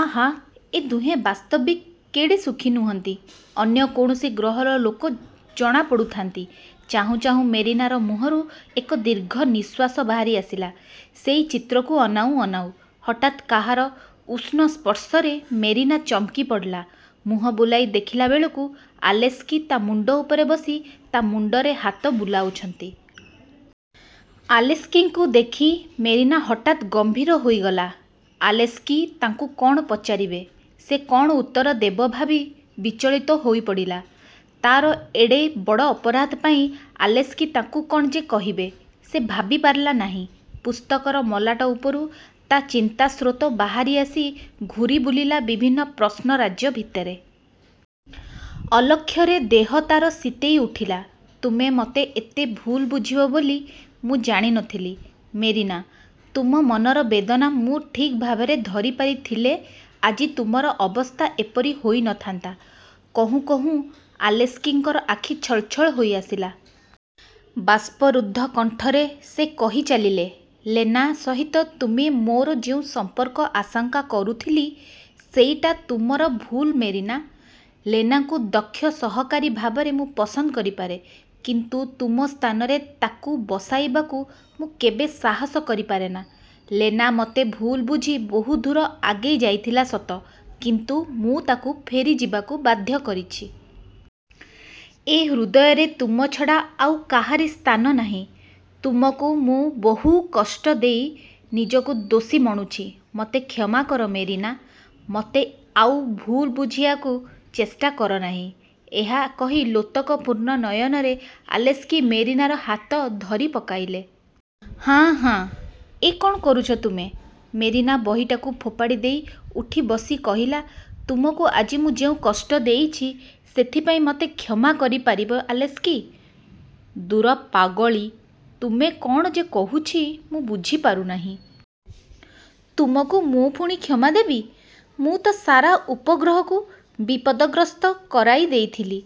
ଆହା, ଏ ଦୁହେଁ ବାସ୍ତବିକ କେଡ଼େ ସୁଖୀ ନୁହନ୍ତି? ଅନ୍ୟ କୌଣସି ଗ୍ରହର ଲୋକ ଜଣାପଡ଼ୁଥାନ୍ତି। ଚାହୁଁ ଚାହୁଁ ମେରିନାର ମୁହଁରୁ ଏକ ଦୀର୍ଘ ନିଃଶ୍ୱାସ ବାହାରି ଆସିଲା ସେଇ ଚିତ୍ରକୁ ଅନାଉଁ ଅନାଉଁ। ହଠାତ୍ କାହାର ଉଷ୍ଣ ସ୍ପର୍ଶରେ ମେରିନା ଚମକି ପଡ଼ିଲା। ମୁହଁ ବୁଲାଇ ଦେଖିଲାବେଳକୁ ଆଲେସ୍କି ତା' ମୁଣ୍ଡ ଉପରେ ବସି ତା ମୁଣ୍ଡରେ ହାତ ବୁଲାଉଛନ୍ତି। ଆଲେସ୍କିଙ୍କୁ ଦେଖି ମେରିନା ହଠାତ୍ ଗମ୍ଭୀର ହୋଇଗଲା। ଆଲେସ୍କି ତାକୁ କଣ ପଚାରିବେ, ସେ କଣ ଉତ୍ତର ଦେବ ଭାବି ବିଚଳିତ ହୋଇପଡ଼ିଲା। ତା'ର ଏତେ ବଡ଼ ଅପରାଧ ପାଇଁ ଆଲେସ୍କି ତାକୁ କଣ ଯେ କହିବେ, ସେ ଭାବିପାରିଲା ନାହିଁ। ପୁସ୍ତକର ମଲାଟ ଉପରୁ ତା ଚିନ୍ତାସ୍ରୋତ ବାହାରି ଆସି ଘୂରିବୁଲିଲା ବିଭିନ୍ନ ପ୍ରଶ୍ନ-ରାଜ୍ୟ ଭିତରେ। ଅଲକ୍ଷ୍ୟରେ ଦେହ ତାର ଶୀତେଇ ଉଠିଲା। ''ତୁମେ ମୋତେ ଏତେ ଭୁଲ ବୁଝିବ ବୋଲି ମୁଁ ଜାଣି ନଥିଲି ମେରିନା! ତୁମ ମନର ବେଦନା ମୁଁ ଠିକ୍ ଭାବରେ ଧରିପାରିଥିଲେ ଆଜି ତୁମର ଅବସ୍ଥା ଏପରି ହୋଇ ନଥାନ୍ତା। '' କହୁଁ କହୁଁ ଆଲେସ୍କିଙ୍କର ଆଖି ଛଳଛଳ ହୋଇଆସିଲା। ବାଷ୍ପରୁଦ୍ଧ କଣ୍ଠରେ ସେ କହିଚାଲିଲେ, ''ଲେନା ସହିତ ତୁମେ ମୋର ଯେଉଁ ସମ୍ପର୍କ ଆଶଙ୍କା କରୁଥିଲି, ସେଇଟା ତୁମର ଭୁଲ ମେରିନା! ଲେନାକୁ ଦକ୍ଷ ସହକାରୀ ଭାବରେ ମୁଁ ପସନ୍ଦ କରିପାରେ; କିନ୍ତୁ ତୁମ ସ୍ଥାନରେ ତାକୁ ବସାଇବାକୁ ମୁଁ କେବେ ସାହସ କରିପାରେନା। ଲେନା ମୋତେ ଭୁଲ୍ ବୁଝି ବହୁ ଦୂର ଆଗେଇଯାଇଥିଲା ସତ; କିନ୍ତୁ ମୁଁ ତାକୁ ଫେରିଯିବାକୁ ବାଧ୍ୟ କରିଛି। ଏ ହୃଦୟରେ ତୁମ ଛଡ଼ା ଆଉ କାହାରି ସ୍ଥାନ ନାହିଁ। ତୁମକୁ ମୁଁ ବହୁକଷ୍ଟ ଦେଇ ନିଜକୁ ଦୋଷୀ ମଣୁଛି। ମୋତେ କ୍ଷମାକର ମେରିନା! ମୋତେ ଆଉ ଭୁଲ ବୁଝିବାକୁ ଚେଷ୍ଟା କରନାହିଁ। '' ଏହା କହି ଲୋତକପୂର୍ଣ୍ଣ ନୟନରେ ଆଲେସ୍କି ମେରିନାର ହାତ ଧରିପକାଇଲେ। ''ହାଁ, ହାଁ, ଏ କଣ କରୁଛ ତୁମେ? '' ମେରିନା ବହିଟାକୁ ଫୋପାଡ଼ି ଦେଇ ଉଠି ବସି କହିଲା, ''ତୁମକୁ ଆଜି ମୁଁ ଯେଉଁ କଷ୍ଟ ଦେଇଛି, ସେଥିପାଇଁ ମୋତେ କ୍ଷମା କରିପାରିବ ଆଲେସ୍କି? '' ''ଦୂର୍ ପାଗଳି, ତୁମେ କ'ଣ ଯେ କହୁଛି ମୁଁ ବୁଝିପାରୁନାହିଁ। ତୁମକୁ ମୁଁ ପୁଣି କ୍ଷମା ଦେବି-? '' ''ମୁଁ ତ ସାରା ଉପଗ୍ରହକୁ ବିପଦଗ୍ରସ୍ତ କରାଇ ଦେଇଥିଲି।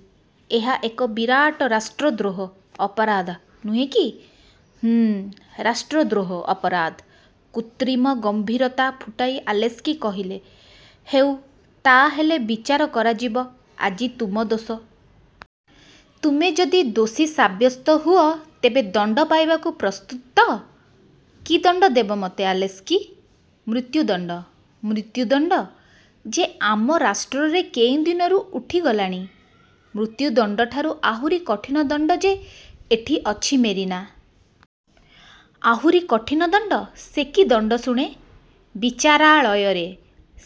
ଏହା ଏକ ବିରାଟ ରାଷ୍ଟ୍ରଦ୍ରୋହ ଅପରାଧ ନୁହେଁ କି? '' ''ହୁଁ, ରାଷ୍ଟ୍ରଦ୍ରୋହ ଅପରାଧ! '' କୃତ୍ରିମ ଗମ୍ଭୀରତା ଫୁଟାଇ ଆଲେସ୍କି କହିଲେ, ''ହେଉ, ତା' ହେଲେ ବିଚାର କରାଯିବ ଆଜି ତୁମ ଦୋଷ। ତୁମେ ଯଦି ଦୋଷୀ ସାବ୍ୟସ୍ତ ହୁଅ, ତେବେ ଦଣ୍ଡ ପାଇବାକୁ ପ୍ରସ୍ତୁତ ତ? '' ''କି ଦଣ୍ଡ ଦେବ ମୋତେ ଆଲେସ୍କି? ମୃତ୍ୟୁଦଣ୍ଡ? ମୃତ୍ୟୁଦଣ୍ଡ ଯେ ଆମ ରାଷ୍ଟ୍ରରେ କେଉଁ ଦିନରୁ ଉଠିଗଲାଣି। '' ''ମୃତ୍ୟୁଦଣ୍ଡଠାରୁ ଆହୁରି କଠିନ ଦଣ୍ଡ ଯେ ଏଠି ଅଛି ମେରିନା! '' ''ଆହୁରି କଠିନ ଦଣ୍ଡ? ସେ କି ଦଣ୍ଡ ଶୁଣେ? '' ''ବିଚାରାଳୟରେ।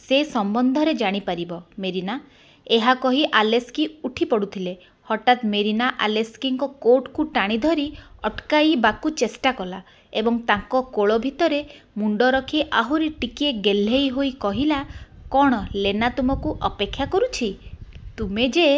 ସେ ସମ୍ବନ୍ଧରେ ଜାଣିପାରିବ ମେରିନା। '' ଏହା କହି ଆଲେସ୍କି ଉଠିପଡ଼ୁଥିଲେ। ହଠାତ୍ ମେରିନା ଆଲେସ୍କିଙ୍କ କୋଟକୁ ଟାଣି ଧରି ଅଟକାଇବାକୁ ଚେଷ୍ଟା କଲା ଏବଂ ତାଙ୍କ କୋଳ ଭିତରେ ମୁଣ୍ଡ ରଖି ଆହୁରି ଟିକିଏ ଗେହ୍ଲେଇ ହୋଇ କହିଲା, ''କଣ ଲେନା ତୁମକୁ ଅପେକ୍ଷା କରୁଛି? ତୁମେ ଯେ